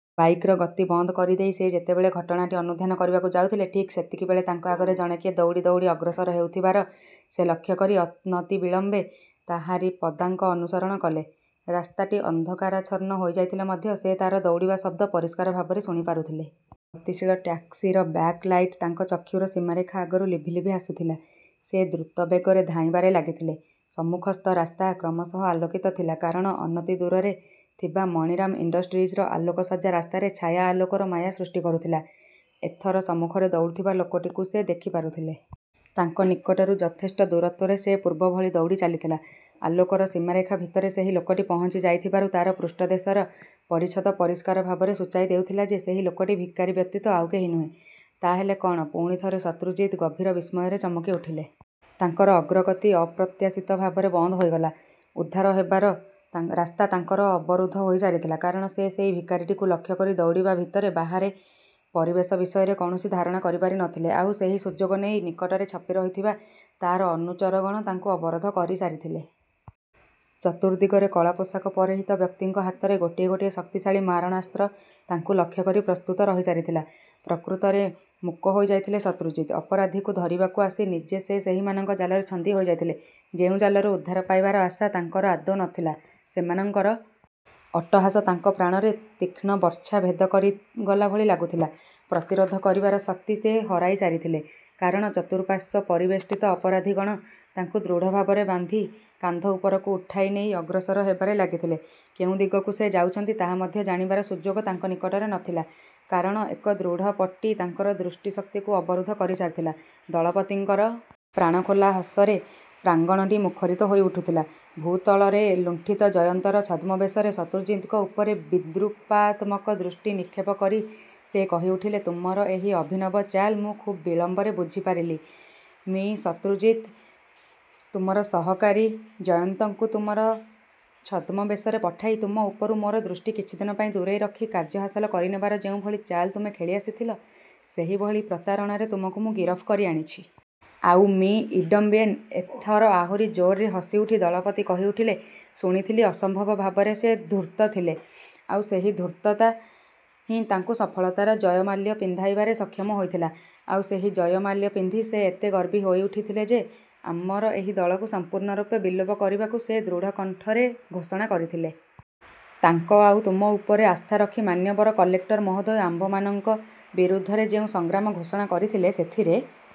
ବାଇକ୍‌ର ଗତି ବନ୍ଦ କରିଦେଇ ସେ ଯେତେବେଳେ ଘଟଣାଟି ଅନୁଧ୍ୟାନ କରିବାକୁ ଯାଉଥିଲେ, ଠିକ୍ ସେତିକିବେଳେ ତାଙ୍କ ଆଗରେ ଜଣେ କିଏ ଦୌଡ଼ି ଦୌଡ଼ି ଅଗ୍ରସର ହେଉଥିବାର ସେ ଲକ୍ଷ୍ୟ କରି ଅନତିବିଳମ୍ବେ ତାହାରି ପଦାଙ୍କ ଅନୁସରଣ କଲେ। ରାସ୍ତାଟି ଅନ୍ଧକାରାଚ୍ଛନ୍ନ ହୋଇଯାଇଥିଲେ ମଧ୍ୟ ସେ ତା'ର ଦୌଡ଼ିବା ଶବ୍ଦ ପରିଷ୍କାର ଭାବରେ ଶୁଣିପାରୁଥିଲେ। ଗତିଶୀଳ ଟ୍ୟାକ୍ସିର ବ୍ୟାକ୍ ଲାଇଟ୍ ତାଙ୍କ ଚକ୍ଷୁର ସୀମାରେଖା ଆଗରୁ ଲିଭି ଲିଭି ଆସୁଥିଲା। ସେ ଦ୍ରୁତ ବେଗରେ ଧାଇଁବାରେ ଲାଗିଥିଲେ। ସମ୍ମୁଖସ୍ଥ ରାସ୍ତା କ୍ରମଶଃ ଆଲୋକିତ ଥିଲା, କାରଣ ଅନତିଦୂରରେ ଥିବା ମଣିରାମ ଇଣ୍ଡଷ୍ଟ୍ରିଜ୍‌ର ଆଲୋକସଜ୍ଜା ରାସ୍ତାରେ ଛାୟା-ଆଲୋକର ମାୟା ସୃଷ୍ଟି କରୁଥିଲା। ଏଥର ସମ୍ମୁଖରେ ଦୌଡ଼ୁଥିବା ଲୋକଟିକୁ ସେ ଦେଖିପାରୁଥିଲେ। ତାଙ୍କ ନିକଟରୁ ଯଥେଷ୍ଟ ଦୂରତ୍ୱରେ ସେ ପୂର୍ବଭଳି ଦୌଡ଼ି ଚାଲିଥିଲା। ଆଲୋକର ସୀମାରେଖା ଭିତରେ ସେହି ଲୋକଟି ପହଞ୍ଚିଯାଇଥିବାରୁ ତା'ର ପୃଷ୍ଠଦେଶର ପରିଚ୍ଛଦ ପରିଷ୍କାର ଭାବରେ ସୂଚାଇ ଦେଉଥିଲା ଯେ, ସେହି ଲୋକଟି ଭିକାରୀ ବ୍ୟତୀତ ଆଉ କେହି ନୁହେଁ। ତା'ହେଲେ କ'ଣ? ପୁଣିଥରେ ଶତ୍ରୁଜିତ୍ ଗଭୀର ବିସ୍ମୟରେ ଚମକିଉଠିଲେ। ତାଙ୍କର ଅଗ୍ରଗତି ଅପ୍ରତ୍ୟାଶିତ ଭାବରେ ବନ୍ଦ ହୋଇଗଲା। ଉଦ୍ଧାର ହେବାର ରାସ୍ତା ତାଙ୍କର ଅବରୁଦ୍ଧ ହୋଇସାରିଥିଲା, କାରଣ ସେ ସେଇ ଭିକାରୀଟିକୁ ଲକ୍ଷ୍ୟ କରି ଦୌଡ଼ିବା ଭିତରେ ବାହାରେ ପରିବେଶ ବିଷୟରେ କୌଣସି ଧାରଣା କରିପାରି ନ ଥିଲେ। ଆଉ ସେହି ସୁଯୋଗ ନେଇ ନିକଟରେ ଛପିରହିଥିବା ତା'ର ଅନୁଚରଗଣ ତାଙ୍କୁ ଅବରୋଧ କରିସାରିଥିଲେ। ଚତୁର୍ଦ୍ଦିଗରେ କଳା ପୋଷାକ ପରିହିତ ବ୍ୟକ୍ତିଙ୍କ ହାତରେ ଗୋଟିଏ ଗୋଟିଏ ଶକ୍ତିଶାଳୀ ମାରଣାସ୍ତ୍ର ତାଙ୍କୁ ଲକ୍ଷ୍ୟ କରି ପ୍ରସ୍ତୁତ ରହିସାରିଥିଲା। ପ୍ରକୃତରେ ମୂକ ହୋଇଯାଇଥିଲେ ଶତ୍ରୁଜିତ୍। ଅପରାଧୀକୁ ଧରିବାକୁ ଆସି ନିଜେ ସେ ସେହିମାନଙ୍କ ଜାଲରେ ଛନ୍ଦି ହୋଇଯାଇଥିଲେ, ଯେଉଁ ଜାଲରୁ ଉଦ୍ଧାର ପାଇବାର ଆଶା ତାଙ୍କର ଆଦୌ ନ ଥିଲା। ସେମାନଙ୍କର ଅଟ୍ଟହାସ ତାଙ୍କ ପ୍ରାଣରେ ତୀକ୍ଷ୍ଣ ବର୍ଚ୍ଛା ଭେଦ କରିଗଲା ଭଳି ଲାଗୁଥିଲା। ପ୍ରତିରୋଧ କରିବାର ଶକ୍ତି ସେ ହରାଇସାରିଥିଲେ, କାରଣ ଚତୁଃପାର୍ଶ୍ୱ ପରିବେଷ୍ଟିତ ଅପରାଧୀଗଣ ତାଙ୍କୁ ଦୃଢ଼ଭାବରେ ବାନ୍ଧି କାନ୍ଧ ଉପରକୁ ଉଠାଇ ନେଇ ଅଗ୍ରସର ହେବାରେ ଲାଗିଥିଲେ। କେଉଁ ଦିଗକୁ ସେ ଯାଉଛନ୍ତି ତାହା ମଧ୍ୟ ଜାଣିବାର ସୁଯୋଗ ତାଙ୍କ ନିକଟରେ ନ ଥିଲା, କାରଣ ଏକ ଦୃଢ଼ ପଟି ତାଙ୍କର ଦୃଷ୍ଟିଶକ୍ତିକୁ ଅବରୁଦ୍ଧ କରିସାରିଥିଲା। ଦଳପତିଙ୍କର ପ୍ରାଣଖୋଲା ହସରେ ପ୍ରାଙ୍ଗଣଟି ମୁଖରିତ ହୋଇଉଠୁଥିଲା। ଭୂତଳରେ ଲୁଣ୍ଠିତ ଜୟନ୍ତର ଛଦ୍ମବେଶରେ ଶତ୍ରୁଜିତ୍‌ଙ୍କ ଉପରେ ବିଦ୍ରୂପାତ୍ମକ ଦୃଷ୍ଟି ନିକ୍ଷେପ କରି ସେ କହିଉଠିଲେ ତୁମର ଏହି ଅଭିନବ ଚାଲ୍ ମୁଁ ଖୁବ୍ ବିଳମ୍ବରେ ବୁଝିପାରିଲି ମି: ଶତ୍ରୁଜିତ୍। ତୁମର ସହକାରୀ ଜୟନ୍ତଙ୍କୁ ତୁମରି ଛଦ୍ମବେଶରେ ପଠାଇ ତୁମ ଉପରୁ ମୋର ଦୃଷ୍ଟି କିଛିଦିନ ପାଇଁ ଦୂରେଇ ରଖି କାର୍ଯ୍ୟ ହାସଲ କରିନେବାର ଯେଉଁଭଳି ଚାଲ୍ ତୁମେ ଖେଳି ଆସିଥିଲ, ସେହିଭଳି ପ୍ରତାରଣାରେ ତୁମକୁ ମୁଁ ଗିରଫ କରି ଆଣିଛି। ଆଉ ମି: ଇଡମ୍ବିଏନ୍। ଏଥର ଆହୁରି ଜୋରରେ ହସିଉଠି ଦଳପତି କହିଉଠିଲେ ଶୁଣିଥିଲି ଅସମ୍ଭବ ଭାବରେ ସେ ଧୂର୍ତ୍ତ ଥିଲେ। ଆଉ ସେହି ଧୂର୍ତ୍ତତା ହିଁ ତାଙ୍କୁ ସଫଳତାର ଜୟମାଲ୍ୟ ପିନ୍ଧାଇବାରେ ସକ୍ଷମ ହୋଇଥିଲା। ଆଉ ସେହି ଜୟମାଲ୍ୟ ପିନ୍ଧି ସେ ଏତେ ଗର୍ବୀ ହୋଇଉଠିଥିଲେ ଯେ, ଆମର ଏହି ଦଳକୁ ସମ୍ପୂର୍ଣ୍ଣରୂପେ ବିଲୋପ କରିବାକୁ ସେ ଦୃଢ଼କଣ୍ଠରେ ଘୋଷଣା କରିଥିଲେ। ତାଙ୍କ ଆଉ ତୁମ ଉପରେ ଆସ୍ଥା ରଖି ମାନ୍ୟବର କଲେକ୍ଟର ମହୋଦୟ ଆମମାନଙ୍କ ବିରୁଦ୍ଧରେ ଯେଉଁ ସଂଗ୍ରାମ ଘୋଷଣା କରିଥିଲେ, ସେଥିରେ..